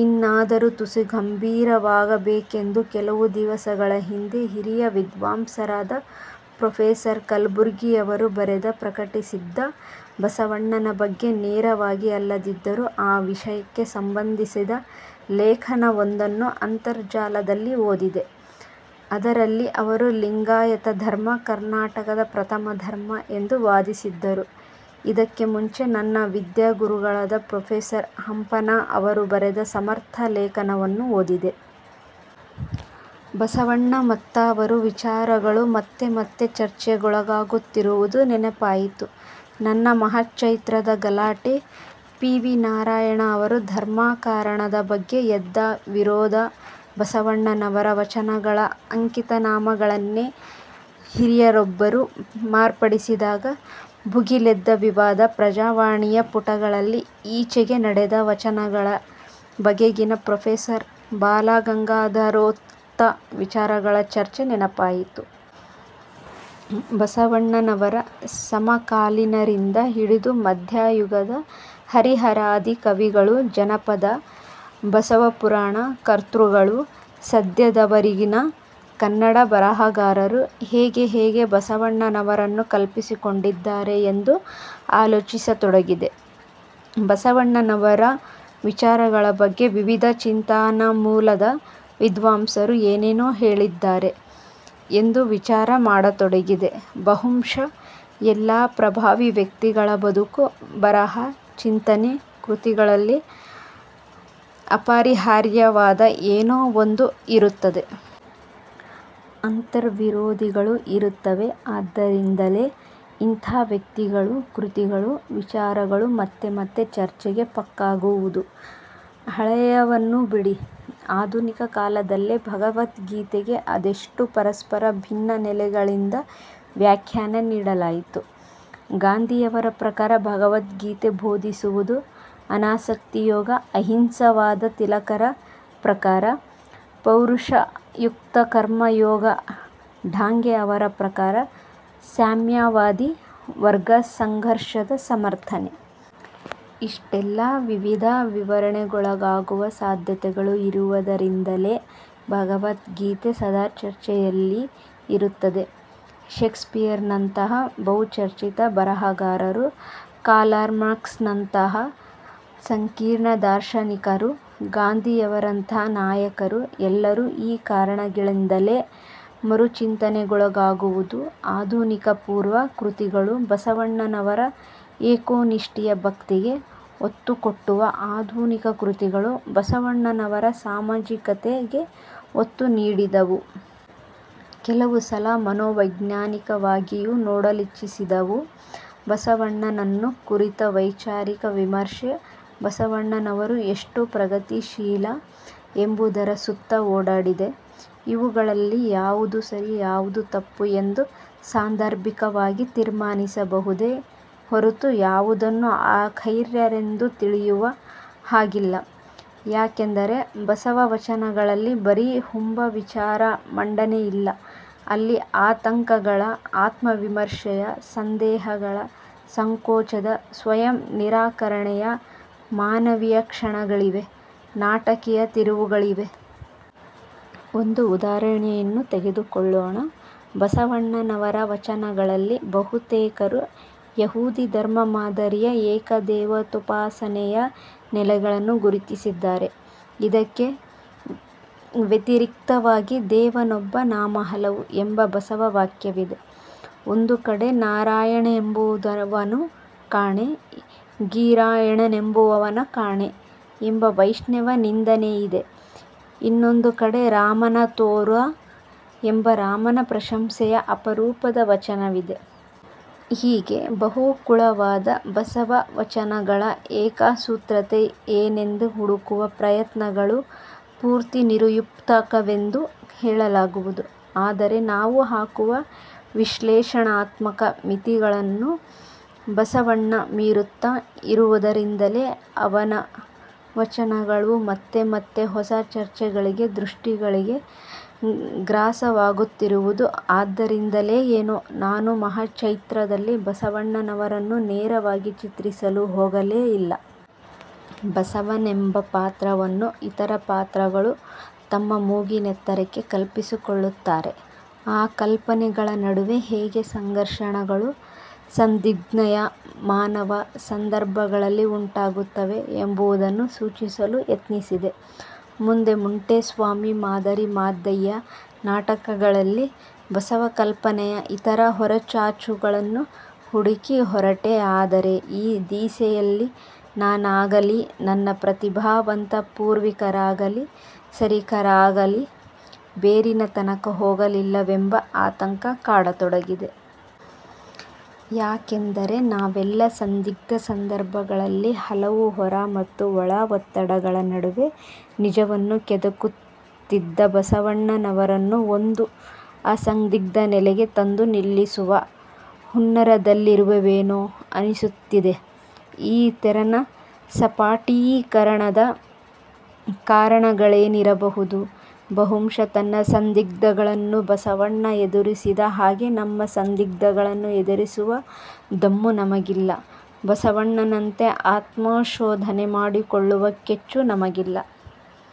ಇನ್ನಾದರೂ ತುಸು ಗಂಭೀರವಾಗಬೇಕೆಂದು ಕೆಲವು ದಿವಸಗಳ ಹಿಂದೆ ಹಿರಿಯ ವಿದ್ವಾಂಸರಾದ ಪ್ರೊಫೆಸರ್ ಕಲಬುರ್ಗಿಯವರು ಬರೆದು ಪ್ರಕಟಿಸಿದ್ದ ಬಸವಣ್ಣನ ಬಗ್ಗೆ ನೇರವಾಗಿ ಅಲ್ಲದಿದ್ದರೂ ಆ ವಿಷಯಕ್ಕೇ ಸಂಬಂಧಿಸಿದ ಲೇಖನವೊಂದನ್ನು ಅಂತರ್ಜಾಲದಲ್ಲಿ ಓದಿದೆ. ಅದರಲ್ಲಿ ಅವರು ಲಿಂಗಾಯತ ಧರ್ಮ ಕರ್ನಾಟಕದ ಪ್ರಥಮ ಧರ್ಮ ಎಂದು ವಾದಿಸಿದ್ದರು. ಇದಕ್ಕೆ ಮುಂಚೆ ನನ್ನ ವಿದ್ಯಾಗುರುಗಳಾದ ಪ್ರೊಫೆಸರ್ ಹಂಪನಾ ಅವರು ಬರೆದ ಸಮರ್ಥ ಲೇಖನವನ್ನೂ ಓದಿದೆ. ಬಸವಣ್ಣ ಮತ್ತವರ ವಿಚಾರಗಳು ಮತ್ತೆ ಮತ್ತೆ ಚರ್ಚೆಗೊಳಗಾಗುತ್ತಿರುವುದು ನೆನಪಾಯಿತು. ನನ್ನ 'ಮಹಾಚೈತ್ರ'ದ ಗಲಾಟೆ, ಪಿ. ವಿ. ನಾರಾಯಣ ಅವರ 'ಧರ್ಮಕಾರಣ'ದ ಬಗ್ಗೆ ಎದ್ದ ವಿರೋಧ, ಬಸವಣ್ಣನವರ ವಚನಗಳ ಅಂಕಿತಗಳನ್ನೇ ಹಿರಿಯರೊಬ್ಬರು ಮಾರ್ಪಡಿಸಿದಾಗ ಭುಗಿಲೆದ್ದ ವಿವಾದ, 'ಪ್ರಜಾವಾಣಿ'ಯ ಪುಟಗಳಲ್ಲಿ ಈಚೆಗೆ ನಡೆದ ವಚನಗಳ ಬಗೆಗಿನ ಪ್ರೊಫೆಸರ್ ಬಾಲಗಂಗಾಧರೋಕ್ತ ವಿಚಾರಗಳ ಚರ್ಚೆ ನೆನಪಾಯಿತು. ಬಸವಣ್ಣನವರ ಸಮಕಾಲೀನರಿಂದ ಹಿಡಿದು ಮಧ್ಯಯುಗದ ಹರಿಹರಾದಿ ಕವಿಗಳು ಜನಪದ ಬಸವಪುರಾಣ ಕರ್ತೃಗಳು ಸದ್ಯದವರೆಗಿನ ಕನ್ನಡ ಬರಹಗಾರರು ಹೇಗೆ ಹೇಗೆ ಬಸವಣ್ಣನವರನ್ನು ಕಲ್ಪಿಸಿಕೊಂಡಿದ್ದಾರೆ ಎಂದು ಆಲೋಚಿಸತೊಡಗಿದೆ. ಬಸವಣ್ಣನವರ ವಿಚಾರಗಳ ಬಗ್ಗೆ ವಿವಿಧ ಚಿಂತನಾಮೂಲದ ವಿದ್ವಾಂಸರು ಏನೇನು ಹೇಳಿದ್ದಾರೆ ಎಂದು ವಿಚಾರ ಮಾಡತೊಡಗಿದೆ. ಬಹುಶಃ ಎಲ್ಲ ಪ್ರಭಾವಿ ವ್ಯಕ್ತಿಗಳ ಬದುಕು, ಬರಹ, ಚಿಂತನೆ, ಕೃತಿಗಳಲ್ಲಿ ಅಪರಿಹಾರ್ಯವಾದ ಏನೋ ಒಂದು ಇರುತ್ತದೆ. ಅಂತರ್ವಿರೋಧಗಳೂ ಇರುತ್ತವೆ. ಆದ್ದರಿಂದಲೇ ಇಂಥ ವ್ಯಕ್ತಿಗಳು, ಕೃತಿಗಳು, ವಿಚಾರಗಳು ಮತ್ತೆ ಮತ್ತೆ ಚರ್ಚೆಗೆ ಪಕ್ಕಾಗುವುದು. ಹಳೆಯವನ್ನು ಬಿಡಿ, ಆಧುನಿಕ ಕಾಲದಲ್ಲೇ 'ಭಗವದ್ಗೀತೆ'ಗೆ ಅದೆಷ್ಟು ಪರಸ್ಪರ ಭಿನ್ನ ನೆಲೆಗಳಿಂದ ವ್ಯಾಖ್ಯಾನ ನೀಡಲಾಯಿತು? ಗಾಂಧಿಯವರ ಪ್ರಕಾರ 'ಭಗವದ್ಗೀತೆ' ಬೋಧಿಸುವುದು ಅನಾಸಕ್ತಿಯೋಗ, ಅಹಿಂಸಾವಾದ, ತಿಲಕರ ಪ್ರಕಾರ ಪೌರುಷಯುಕ್ತಕರ್ಮಯೋಗ, ಡಾಂಗೆ ಅವರ ಪ್ರಕಾರ ಸಾಮ್ಯವಾದಿ ವರ್ಗ ಸಂಘರ್ಷದ ಸಮರ್ಥನೆ. ಇಷ್ಟೆಲ್ಲಾ ವಿವಿಧ ವಿವರಣೆಗೊಳಗಾಗುವ ಸಾಧ್ಯತೆಗಳು ಇರುವುದರಿಂದಲೇ 'ಭಗವದ್ಗೀತೆ' ಸದಾ ಚರ್ಚೆಯಲ್ಲಿ ಇರುತ್ತದೆ. ಷೇಕ್ಸ್ಪಿಯರನಂಥ ಬಹುಚರ್ಚಿತ ಬರಹಗಾರರು, ಕಾರ್ಲ್ಮಾರ್ಕ್ಸ್ನಂಥ ಸಂಕೀರ್ಣ ದಾರ್ಶನಿಕರು, ಗಾಂಧಿಯವರಂಥ ನಾಯಕರು ಎಲ್ಲರೂ ಈ ಕಾರಣಗಳಿಂದಲೇ ಮರುಚಿಂತನೆಗೊಳಗಾಗುವುದು. ಆಧುನಿಕಪೂರ್ವ ಕೃತಿಗಳು ಬಸವಣ್ಣನವರ ಏಕೋನಿಷ್ಠೆಯ ಭಕ್ತಿಗೆ ಒತ್ತುಕೊಟ್ಟವು; ಆಧುನಿಕ ಕೃತಿಗಳು ಬಸವಣ್ಣನವರ ಸಾಮಾಜಿಕತೆಗೆ ಒತ್ತು ನೀಡಿದವು. ಕೆಲವು ಸಲ ಮನೋವೈಜ್ಞಾನಿಕವಾಗಿಯೂ ನೋಡಲಿಚ್ಛಿಸಿದವು. ಬಸವಣ್ಣನನ್ನು ಕುರಿತ ವೈಚಾರಿಕ ವಿಮರ್ಶೆ ಬಸವಣ್ಣನವರು ಎಷ್ಟು 'ಪ್ರಗತಿಶೀಲ' ಎಂಬುದರ ಸುತ್ತ ಓಡಾಡಿದೆ. ಇವುಗಳಲ್ಲಿ ಯಾವುದು ಸರಿ ಯಾವುದು ತಪ್ಪು ಎಂದು ಸಾಂದರ್ಭಿಕವಾಗಿ ತೀರ್ಮಾನಿಸಬಹುದೆ ಹೊರತು ಯಾವುದನ್ನೂ ಆಖೈರೆಂದು ತಿಳಿಯುವ ಹಾಗಿಲ್ಲ. ಯಾಕೆಂದರೆ ಬಸವ ವಚನಗಳಲ್ಲಿ ಬರೀ ಹುಂಬ ವಿಚಾರಮಂಡನೆಯಿಲ್ಲ; ಅಲ್ಲಿ ಆತಂಕಗಳ, ಆತ್ಮವಿಮರ್ಶೆಯ, ಸಂದೇಹಗಳ, ಸಂಕೋಚದ, ಸ್ವಯಂನಿರಾಕರಣೆಯ ಮಾನವೀಯ ಕ್ಷಣಗಳಿವೆ, ನಾಟಕೀಯ ತಿರುವುಗಳಿವೆ. ಒಂದು ಉದಾಹರಣೆಯನ್ನು ತೆಗೆದುಕೊಳ್ಳೋಣ. ಬಸವಣ್ಣನವರ ವಚನಗಳಲ್ಲಿ ಬಹುತೇಕರು ಯಹೂದಿ ಧರ್ಮ ಮಾದರಿಯ ಏಕದೇವತೋಪಾಸನೆಯ ನೆಲೆಗಳನ್ನು ಗುರುತಿಸಿದ್ದಾರೆ. ಇದಕ್ಕೆ ವ್ಯತಿರಿಕ್ತವಾಗಿ 'ದೇವನೊಬ್ಬ, ನಾಮ ಹಲವು' ಎಂಬ ಬಸವ ವಾಕ್ಯವಿದೆ. ಒಂದು ಕಡೆ 'ನಾರಾಯಣನೆಂಬುವನ ಕಾಣೆ, ಗೀರಾಯಣನೆಂಬುವನ ಕಾಣೆ' ಎಂಬ ವೈಷ್ಣವ ನಿಂದನೆಯಿದೆ. ಇನ್ನೊಂದು ಕಡೆ 'ರಾಮನ ತೋರಾ' ಎಂಬ ರಾಮನ ಪ್ರಶಂಸೆಯ ಅಪರೂಪದ ವಚನವಿದೆ. ಹೀಗೆ ಬಹುಕುಳವಾದ ಬಸವವಚನಗಳ ಏಕಸೂತ್ರತೆ ಏನೆಂದು ಹುಡುಕುವ ಪ್ರಯತ್ನಗಳು ಪೂರ್ತಿ ನಿರುಪಯುಕ್ತವೆಂದು ಹೇಳಲಾಗದು. ಆದರೆ ನಾವು ಹಾಕುವ ವಿಶ್ಲೇಷಣಾತ್ಮಕ ಮಿತಿಗಳನ್ನು ಬಸವಣ್ಣ ಮೀರುತ್ತ ಇರುವುದರಿಂದಲೇ ಅವನ ವಚನಗಳು ಮತ್ತೆ ಮತ್ತೆ ಹೊಸ ಚರ್ಚೆಗಳಿಗೆ, ದೃಷ್ಟಿಗಳಿಗೆ ಗ್ರಾಸವಾಗುತ್ತಿರುವುದು. ಆದ್ದರಿಂದಲೋ ಏನೋ ನಾನು 'ಮಹಾಚೈತ್ರ'ದಲ್ಲಿ ಬಸವಣ್ಣನವರನ್ನು ನೇರವಾಗಿ ಚಿತ್ರಿಸಲು ಹೋಗಲೇ ಇಲ್ಲ. ಬಸವನೆಂಬ ಪಾತ್ರವನ್ನು ಇತರ ಪಾತ್ರಗಳು ತಮ್ಮ ಮೂಗಿನೆತ್ತರಕ್ಕೆ ಕಲ್ಪಿಸಿಕೊಳ್ಳುತ್ತಾರೆ, ಆ ಕಲ್ಪನೆಗಳ ನಡುವೆ ಹೇಗೆ ಸಂಘರ್ಷಗಳು ಸಂದಿಗ್ಧಮಯ ಮಾನವ ಸಂದರ್ಭಗಳಲ್ಲಿ ಉಂಟಾಗುತ್ತವೆ ಎಂಬುದನ್ನು ಸೂಚಿಸಲು ಯತ್ನಿಸಿದೆ. ಮುಂದೆ 'ಮಂಟೇಸ್ವಾಮಿ', 'ಮಾದಾರಿ ಮಾದಯ್ಯ' ನಾಟಕಗಳಲ್ಲಿ ಬಸವಕಲ್ಪನೆಯ ಇತರ ಹೊರಚಾಚುಗಳನ್ನು ಹುಡುಕ ಹೊರಟೆ. ಆದರೆ ಈ ದಿಸೆಯಲ್ಲಿ ನಾನಾಗಲೀ ನನ್ನ ಪ್ರತಿಭಾವಂತ ಪೂರ್ವಿಕರಾಗಲಿ ಸರೀಕರಾಗಲಿ ಬೇರಿನ ತನಕ ಹೋಗಲಿಲ್ಲವೆಂಬ ಆತಂಕ ಕಾಡತೊಡಗಿದೆ. ಯಾಕೆಂದರೆ ನಾವೆಲ್ಲ ಸಂದಿಗ್ಧ ಸಂದರ್ಭಗಳಲ್ಲಿ ಹಲವು ಹೊರ ಮತ್ತು ಒಳ ಒತ್ತಡಗಳ ನಡುವೆ ನಿಜವನ್ನು ಕೆದಕುತ್ತಿದ್ದ ಬಸವಣ್ಣನವರನ್ನು ಒಂದು ಅಸಂದಿಗ್ಧ ನೆಲೆಗೆ ತಂದು ನಿಲ್ಲಿಸುವ ಹುನ್ನಾರದಲ್ಲಿರುವೆವೇನೋ ಅನಿಸುತ್ತಿದೆ. ಈ ತೆರನ ಸಪಾಟೀಕರಣದ ಕಾರಣಗಳೇನಿರಬಹುದು? ಬಹುಶಃ ತನ್ನ ಸಂದಿಗ್ಧಗಳನ್ನು ಬಸವಣ್ಣ ಎದುರಿಸಿದ ಹಾಗೆ ನಮ್ಮ ಸಂದಿಗ್ಧಗಳನ್ನು ಎದುರಿಸುವ ದಮ್ಮು ನಮಗಿಲ್ಲ. ಬಸವಣ್ಣನಂತೆ ಆತ್ಮಶೋಧನೆ ಮಾಡಿಕೊಳ್ಳುವ ಕೆಚ್ಚು ನಮಗಿಲ್ಲ.